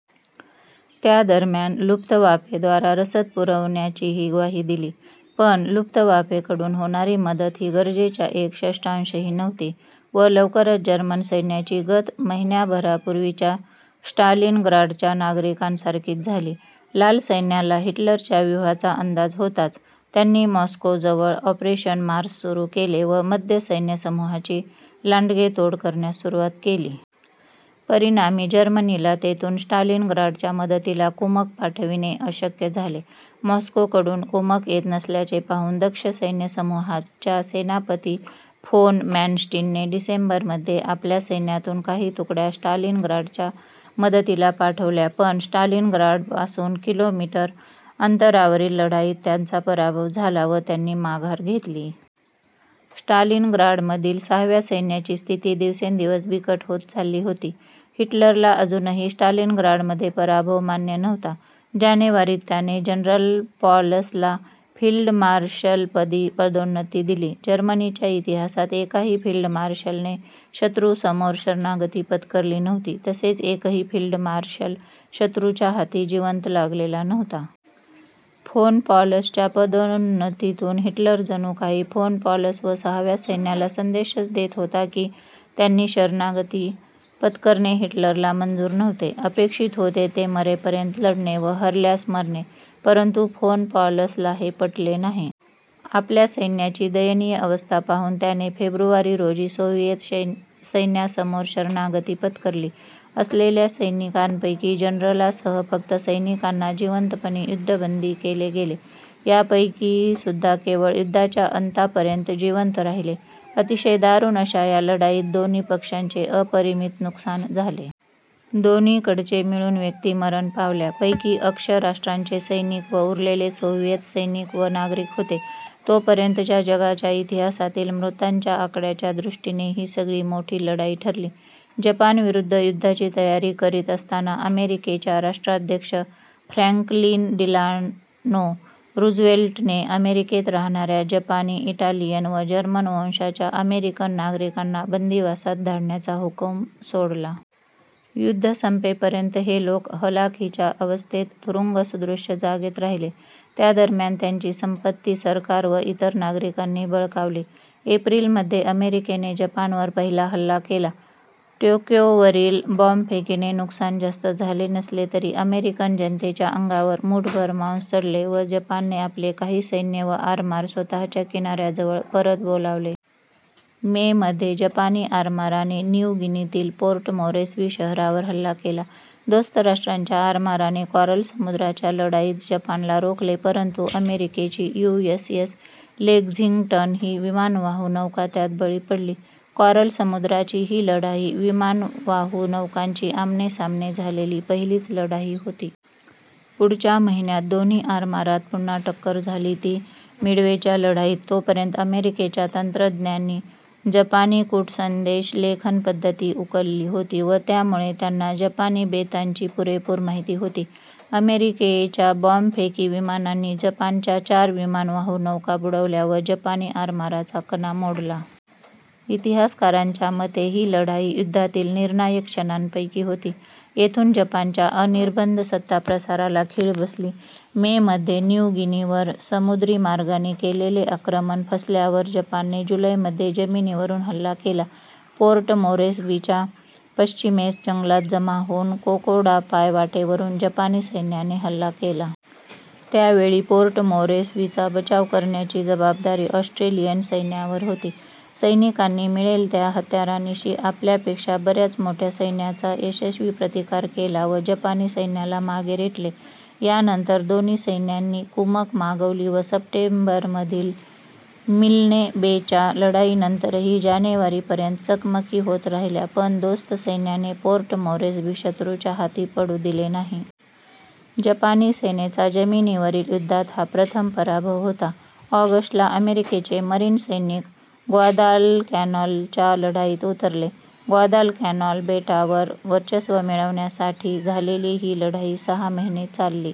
त्यादरम्यान लुफ्तवाफेद्वारा रसद पुरवण्याचीही ग्वाही दिली. पण लुफ्तवाफेकडून होणारी मदत ही गरजेच्या एक षष्ठांशही नव्हती व लवकरच जर्मन सैन्याची गत महिन्याभरापूर्वीच्या स्टालिनग्राडच्या नागरिकांसारखीच झाली. लाल सैन्याला हिटलरच्या व्यूहाचा अंदाज होताच. त्यांनी मॉस्कोजवळ ऑपरेशन मार्स सुरू केले व मध्य सैन्यसमूहाची लांडगेतोड करण्यास सुरुवात केली. परिणामी जर्मनीला तेथून स्टालिनग्राडच्या मदतीला कुमक पाठवणे अशक्य झाले. मॉस्कोकडून कुमक येत नसल्याचे पाहून दक्षिण सैन्यसमूहाच्या सेनापती फोन मॅनस्टीनने डिसेंबरमध्ये आपल्या सैन्यातून काही तुकड्या स्टालिनग्राडच्या मदतीला पाठवल्या पण स्टालिनग्राडपासून कि. मी. अंतरावरील लढाईत त्यांचा पराभव झाला व त्यांनी माघार घेतली. स्टालिनग्राडमधील सहाव्या सैन्याची स्थिती दिवसेंदिवस बिकट होत चालली होती. हिटलरला अजूनही स्टालिनग्राडमध्ये पराभव मान्य नव्हता. जानेवारीत त्याने जनरल पॉलसला फील्डमार्शलपदी पदोन्नती दिली. जर्मनीच्या इतिहासात एकाही फील्डमार्शलने शत्रूसमोर शरणागती पत्करली नव्हती तसेच एकही फील्डमार्शल शत्रूच्या हाती जिवंत लागलेला नव्हता. फोन पॉलसच्या पदोन्नतीतून हिटलर जणू काही फोन पॉलस व सहाव्या सैन्याला संदेशच देत होता की त्यांनी शरणागती पत्करणे हिटलरला मंजूर नव्हते. अपेक्षित होते ते मरेपर्यंत लढणे व हरल्यास मरणे. परंतु फोन पॉलसला हे पटले नाही. आपल्या सैन्याची दयनीय अवस्था पाहून त्याने फेब्रुवारी रोजी सोव्हिएत सैन्यासमोर शरणागती पत्करली. असलेल्या सैनिकांपैकी जनरलांसह फक्त सैनिकांना जिवंतपणी युद्धबंदी केले गेले. यांपैकीसुद्धा केवळ युद्धाच्या अंतापर्यंत जिवंत राहिले. अतिशय दारुण अशा या लढाईत दोन्ही पक्षांचे अपरिमित नुकसान झाले. दोन्हीकडचे मिळून व्यक्ती मरण पावल्या. पैकी अक्ष राष्ट्रांचे सैनिक व उरलेले सोव्हिएत सैनिक व नागरिक होते. तोपर्यंतच्या जगाच्या इतिहासातील मृतांच्या आकड्याच्या दृष्टीने ही सगळ्या मोठी लढाई ठरली. जपानविरुद्ध युद्धाची तयारी करीत असताना अमेरिकेच्या राष्ट्राध्यक्ष फ्रॅंकलिन डिलानो रूझवेल्टने अमेरिकेत राहणाऱ्या जपानी, इटालियन व जर्मन वंशाच्या अमेरिकन नागरिकांना बंदिवासात धाडण्याचा हुकुम सोडला. युद्ध संपेपर्यंत हे लोक हलाखीच्या अवस्थेत तुरुंगसदृश जागेत राहिले. त्यादरम्यान त्यांची संपत्ती सरकार व इतर नागरिकांनी बळकावली. एप्रिल मध्ये अमेरिकेने जपानवर पहिला हल्ला केला. टोक्योवरील बॉम्बफेकीने नुकसान जास्त झाले नसले तरी अमेरिकन जनतेच्या अंगावर मूठभर मांस चढले व जपानने आपले काही सैन्य व आरमार स्वतःच्या किनाऱ्याजवळ परत बोलावले. मेमध्ये जपानी आरमाराने न्यू गिनीतील पोर्ट मोरेस्बी शहरावर हल्ला केला. दोस्त राष्ट्रांच्या आरमाराने कॉरल समुद्राच्या लढाईत जपानला रोखले परंतु अमेरिकेची यु. एस. एस. लेक्झिंग्टन ही विमानवाहू नौका त्यात बळी पडली. कॉरल समुद्राची ही लढाई विमानवाहू नौकांची आमनेसामने झालेली पहिलीच लढाई होती. पुढच्या महिन्यात दोन्ही आरमारात पुन्हा टक्कर झाली ती मिडवेच्या लढाईत. तोपर्यंत अमेरिकेच्या तंत्रज्ञांनी जपानी कूटसंदेशलेखनपद्धती उकलली होती व त्यामुळे त्यांना जपानी बेतांची पूरेपूर माहिती होती. अमेरिकेच्या बॉम्बफेकी विमानांनी जपानच्या चार विमानवाहू नौका बुडवल्या व जपानी आरमाराचा कणा मोडला. इतिहासकारांच्या मते ही लढाई युद्धातील निर्णायक क्षणांपैकी होती. येथून जपानच्या अनिर्बंध सत्ताप्रसाराला खीळ बसली. मेमध्ये न्यू गिनीवर समुद्रीमार्गाने केलेले आक्रमण फसल्यावर जपानने जुलैमध्ये जमिनीवरून हल्ला केला. पोर्ट मोरेस्बीच्या पश्चिमेस जंगलात जमा होऊन कोकोडा पायवाटेवरून जपानी सैन्याने हल्ला केला. त्यावेळी पोर्ट मोरेस्बीचा बचाव करण्याची जबाबदारी ऑस्ट्रेलियन सैन्यावर होती. सैनिकांनी मिळेल त्या हत्यारांनिशी आपल्यापेक्षा बऱ्याच मोठ्या सैन्याचा यशस्वी प्रतिकार केला व जपानी सैन्याला मागे रेटले. यानंतर दोन्ही सैन्यांनी कुमक मागवली व सप्टेंबरमधील मिल्ने बेच्या लढाईनंतरही जानेवारी पर्यंत चकमकी होत राहिल्या पण दोस्त सैन्याने पोर्ट मोरेस्बी शत्रूच्या हाती पडू दिले नाही. जपानी सेनेचा जमिनीवरील युद्धात हा प्रथम पराभव होता. ऑगस्ट ला अमेरिकेचे मरीन सैनिक ग्वादालकॅनालच्या लढाईत उतरले. ग्वादालकॅनाल बेटावर वर्चस्व मिळवण्यासाठी झालेली ही लढाई सहा महिने चालली.